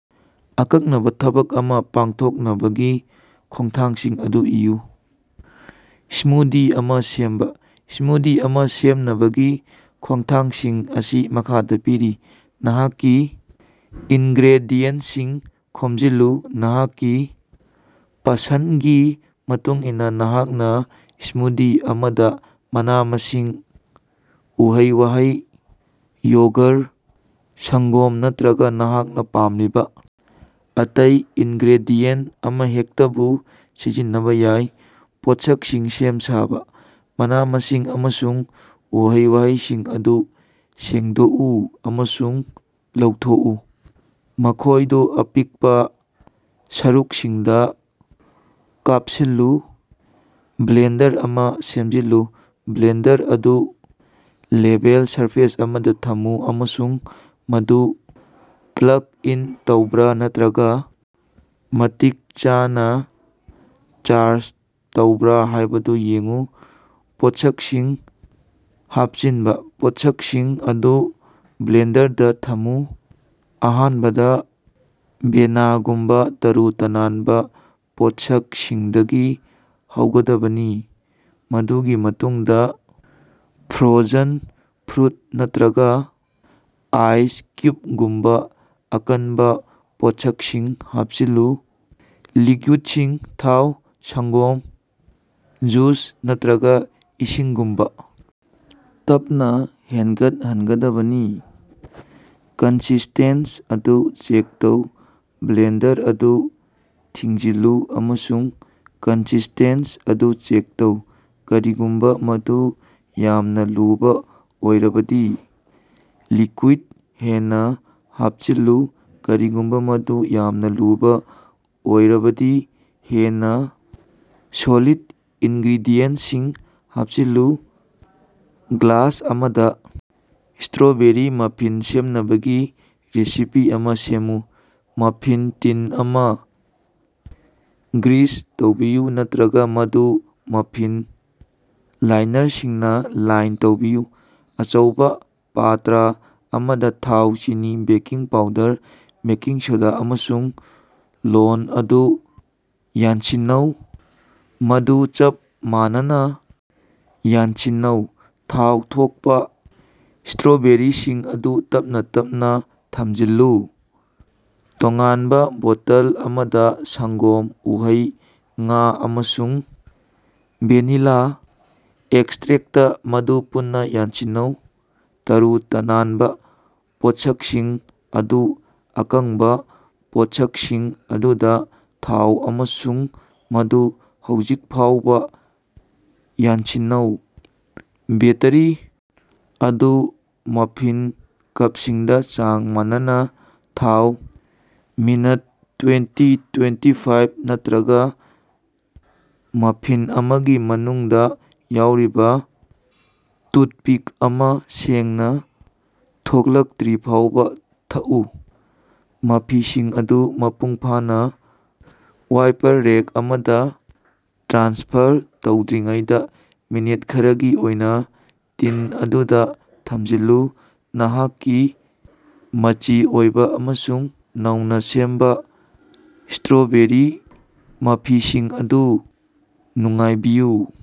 ꯑꯀꯛꯅꯕ ꯊꯕꯛ ꯑꯃ ꯄꯥꯡꯊꯣꯛꯅꯕꯒꯤ ꯈꯣꯡꯊꯥꯡꯁꯤꯡ ꯑꯗꯨ ꯏꯌꯨ꯫ ꯁ꯭ꯃꯨꯗꯤ ꯑꯃ ꯁꯦꯝꯕ꯫ ꯁ꯭ꯃꯨꯗꯤ ꯑꯃ ꯁꯦꯝꯅꯕꯒꯤ ꯈꯣꯡꯊꯥꯡꯁꯤꯡ ꯑꯁꯤ ꯃꯈꯥꯗꯥ ꯄꯤꯔꯤ: ꯅꯍꯥꯛꯀꯤ ꯏꯟꯒ꯭ꯔꯦꯗꯤꯌꯦꯟꯇꯁꯤꯡ ꯈꯣꯝꯖꯤꯜꯂꯨ: ꯅꯍꯥꯛꯀꯤ ꯄꯁꯟꯗꯒꯤ ꯃꯇꯨꯡꯏꯟꯅ, ꯅꯍꯥꯛꯅ ꯁ꯭ꯃꯨꯗꯤ ꯑꯃꯗ ꯃꯅꯥ-ꯃꯁꯤꯡ, ꯎꯍꯩ-ꯋꯥꯍꯩ, ꯌꯣꯒꯔ, ꯁꯪꯒꯣꯝ ꯅꯠꯇꯔꯒꯥ ꯅꯍꯥꯛꯅ ꯄꯥꯝꯂꯤꯕ ꯑꯇꯩ ꯏꯟꯒ꯭ꯔꯦꯗꯤꯌꯦꯟꯇ ꯑꯃꯍꯦꯛꯇꯕꯨ ꯁꯤꯖꯤꯟꯅꯕꯥ ꯌꯥꯏ꯫ ꯄꯣꯠꯁꯛꯁꯤꯡ ꯁꯦꯝ-ꯁꯥꯕꯥ: ꯃꯅꯥ-ꯃꯁꯤꯡ ꯑꯃꯁꯨꯡ ꯎꯍꯩ-ꯋꯥꯍꯩꯁꯤꯡ ꯑꯗꯨ ꯁꯦꯡꯗꯣꯛꯎ ꯑꯃꯁꯨꯡ ꯂꯧꯊꯣꯛꯎ꯫ ꯃꯈꯣꯏꯗꯨ ꯑꯄꯤꯛꯄꯥ ꯁꯔꯨꯛꯁꯤꯡꯗ ꯀꯥꯞꯁꯤꯜꯂꯨ꯫ ꯕ꯭ꯂꯦꯟꯗꯔ ꯑꯃ ꯁꯦꯝꯖꯤꯜꯂꯨ: ꯕ꯭ꯂꯦꯟꯗꯔ ꯑꯗꯨ ꯂꯦꯚꯦꯜ ꯁꯔꯐꯦꯁ ꯑꯃꯗ ꯊꯝꯃꯨ ꯑꯃꯁꯨꯡ ꯃꯗꯨ ꯄ꯭ꯂꯒ ꯏꯟ ꯇꯧꯕ꯭ꯔꯥ ꯅꯠꯇꯔꯒ ꯃꯇꯤꯛ ꯆꯥꯅ ꯆꯥꯔꯖ ꯇꯧꯕ꯭ꯔꯥ ꯍꯥꯏꯕꯗꯨ ꯌꯦꯡꯎ꯫ ꯄꯣꯠꯁꯛꯁꯤꯡ ꯍꯥꯄꯆꯤꯟꯕ: ꯄꯣꯠꯁꯛꯁꯤꯡ ꯑꯗꯨ ꯕ꯭ꯂꯦꯟꯗꯔꯗ ꯊꯝꯃꯨ꯫ ꯑꯍꯥꯟꯕꯗ ꯕꯦꯅꯥꯒꯨꯝꯕ ꯇꯔꯨ-ꯇꯅꯥꯟꯕ ꯄꯣꯠꯁꯛꯁꯤꯡꯗꯒꯤ ꯍꯧꯒꯗꯕꯅꯤ, ꯃꯗꯨꯒꯤ ꯃꯇꯨꯡꯗꯥ ꯐ꯭ꯔꯣꯖꯟ ꯐ꯭ꯔꯨꯠ ꯅꯠꯇꯔꯒꯥ ꯑꯥꯏꯁ ꯀ꯭ꯌꯨꯕꯒꯨꯝꯕ ꯑꯀꯟꯕ ꯄꯣꯠꯁꯛꯁꯤꯡ ꯍꯥꯞꯆꯤꯜꯂꯨ꯫ ꯂꯤꯛꯌꯨꯏꯗꯁꯤꯡ ꯊꯥꯎ: ꯁꯪꯒꯣꯝ, ꯖꯨꯁ ꯅꯠꯇꯔꯒꯥ ꯏꯁꯤꯡꯒꯨꯝꯕ ꯇꯞꯅꯥ ꯍꯦꯟꯒꯠꯍꯟꯒꯗꯕꯅꯤ꯫ ꯀꯟꯁꯤꯁꯇꯦꯟꯁ ꯑꯗꯨ ꯆꯦꯛ ꯇꯧ: ꯕ꯭ꯂꯦꯟꯗꯔ ꯑꯗꯨ ꯊꯤꯡꯖꯤꯜꯂꯨ ꯑꯃꯁꯨꯡ ꯀꯟꯁꯤꯁꯇꯦꯟꯁ ꯑꯗꯨ ꯆꯦꯛ ꯇꯧ꯫ ꯀꯔꯤꯒꯨꯝꯕ ꯃꯗꯨ ꯌꯥꯝꯅ ꯂꯨꯕ ꯑꯣꯏꯔꯕꯗꯤ, ꯂꯤꯀ꯭ꯌꯨꯏꯗ ꯍꯦꯟꯅ ꯍꯥꯞꯆꯤꯜꯂꯨ; ꯀꯔꯤꯒꯨꯝꯕ ꯃꯗꯨ ꯌꯥꯝꯅ ꯂꯨꯕꯥ ꯑꯣꯏꯔꯕꯗꯤ, ꯍꯦꯟꯅ ꯁꯣꯂꯤꯗ ꯏꯟꯒ꯭ꯔꯦꯗꯤꯌꯦꯟꯇꯁꯤꯡ ꯍꯥꯞꯆꯤꯜꯂꯨ꯫ ꯒ꯭ꯂꯥꯁ ꯑꯃꯗ ꯁ꯭ꯇꯔꯣꯕꯦꯔꯤ ꯃꯐꯤꯟ ꯁꯦꯝꯅꯕꯒꯤ ꯔꯦꯁꯤꯄꯤ ꯑꯃ ꯁꯦꯝꯃꯨ꯫ ꯃꯐꯤꯟ ꯇꯤꯟ ꯑꯃ ꯒ꯭ꯔꯤꯁ ꯇꯧꯕꯤꯌꯨ ꯅꯠꯇꯔꯒ ꯃꯗꯨ ꯃꯐꯤꯟ ꯂꯥꯏꯅꯔꯁꯤꯡꯅ ꯂꯥꯏꯟ ꯇꯧꯕꯤꯌꯨ꯫ ꯑꯆꯧꯕ ꯄꯇꯔ ꯑꯃꯗ, ꯊꯥꯎ, ꯆꯤꯅꯤ, ꯕꯦꯀꯤꯡ ꯄꯥꯎꯗꯔ, ꯕꯦꯀꯤꯡ ꯁꯣꯗꯥ ꯑꯃꯁꯨꯡ ꯂꯣꯟ ꯑꯗꯨ ꯌꯥꯟꯁꯤꯟꯅꯧ, ꯃꯗꯨ ꯆꯞ ꯃꯥꯟꯅꯅ ꯌꯥꯟꯁꯤꯟꯅꯧ꯫ ꯊꯥꯎ ꯊꯣꯛꯄꯥ ꯁ꯭ꯇꯔꯣꯕꯦꯔꯤꯁꯤꯡ ꯑꯗꯨ ꯇꯞꯅ ꯇꯞꯅ ꯊꯝꯖꯤꯜꯂꯨ꯫ ꯇꯣꯉꯥꯟꯕ ꯕꯣꯇꯜ ꯑꯃꯗ ꯁꯪꯒꯣꯝ, ꯎꯍꯩ, ꯉꯥ, ꯑꯃꯁꯨꯡ ꯚꯦꯅꯤꯂ ꯑꯦꯛꯁꯇꯔꯦꯛꯇ ꯑꯗꯨ ꯄꯨꯟꯅ ꯌꯥꯟꯁꯤꯟꯅꯧ꯫ ꯇꯔꯨ-ꯇꯅꯥꯟꯕ ꯄꯣꯠꯁꯛꯁꯤꯡ ꯑꯗꯨ ꯑꯀꯪꯕ ꯄꯣꯠꯁꯛꯁꯤꯡ ꯑꯗꯨꯗ ꯊꯥꯎ ꯑꯃꯁꯨꯡ ꯃꯗꯨ ꯍꯧꯖꯤꯛ ꯐꯥꯎꯕꯥ ꯌꯥꯟꯁꯤꯟꯅꯧ꯫ ꯕꯦꯇꯔꯤ ꯑꯗꯨ ꯃꯐꯤꯟ ꯀꯄꯁꯤꯡꯗꯥ ꯆꯥꯡ ꯃꯥꯟꯅꯅꯥ ꯊꯥꯎ꯫ ꯃꯤꯅꯠ ꯇ꯭ꯋꯦꯟꯇꯤ-ꯇ꯭ꯋꯦꯟꯇꯤ ꯐꯥꯏꯚ ꯅꯠꯇꯔꯒꯥ ꯃꯐꯤꯟ ꯑꯃꯒꯤ ꯃꯅꯨꯡꯗꯥ ꯌꯥꯎꯔꯤꯕ ꯇꯨꯊꯄꯤꯛ ꯑꯃ ꯁꯦꯡꯅꯥ ꯊꯣꯛꯂꯛꯇꯔꯤꯕꯐꯥꯎꯕꯥ ꯊꯛꯎ꯫ ꯃꯐꯤꯁꯤꯡ ꯑꯗꯨ ꯃꯄꯨꯡꯐꯥꯅ ꯋꯥꯏꯄꯔ ꯔꯦꯛ ꯑꯃꯗ ꯇ꯭ꯔꯥꯟꯁꯐꯔ ꯇꯧꯗ꯭ꯔꯤꯉꯩꯗꯥ ꯃꯤꯅꯠ ꯈꯔꯒꯤ ꯑꯣꯏꯅ ꯇꯤꯟ ꯑꯗꯨꯗ ꯊꯝꯖꯤꯜꯂꯨ꯫ ꯅꯍꯥꯛꯀꯤ ꯃꯆꯤ ꯑꯣꯏꯕ ꯑꯃꯁꯨꯡ ꯅꯧꯅ ꯁꯦꯝꯕ ꯁ꯭ꯇꯔꯣꯕꯦꯔꯤ ꯃꯐꯤꯁꯤꯡ ꯑꯗꯨ ꯅꯨꯡꯉꯥꯏꯕꯤꯌꯨ!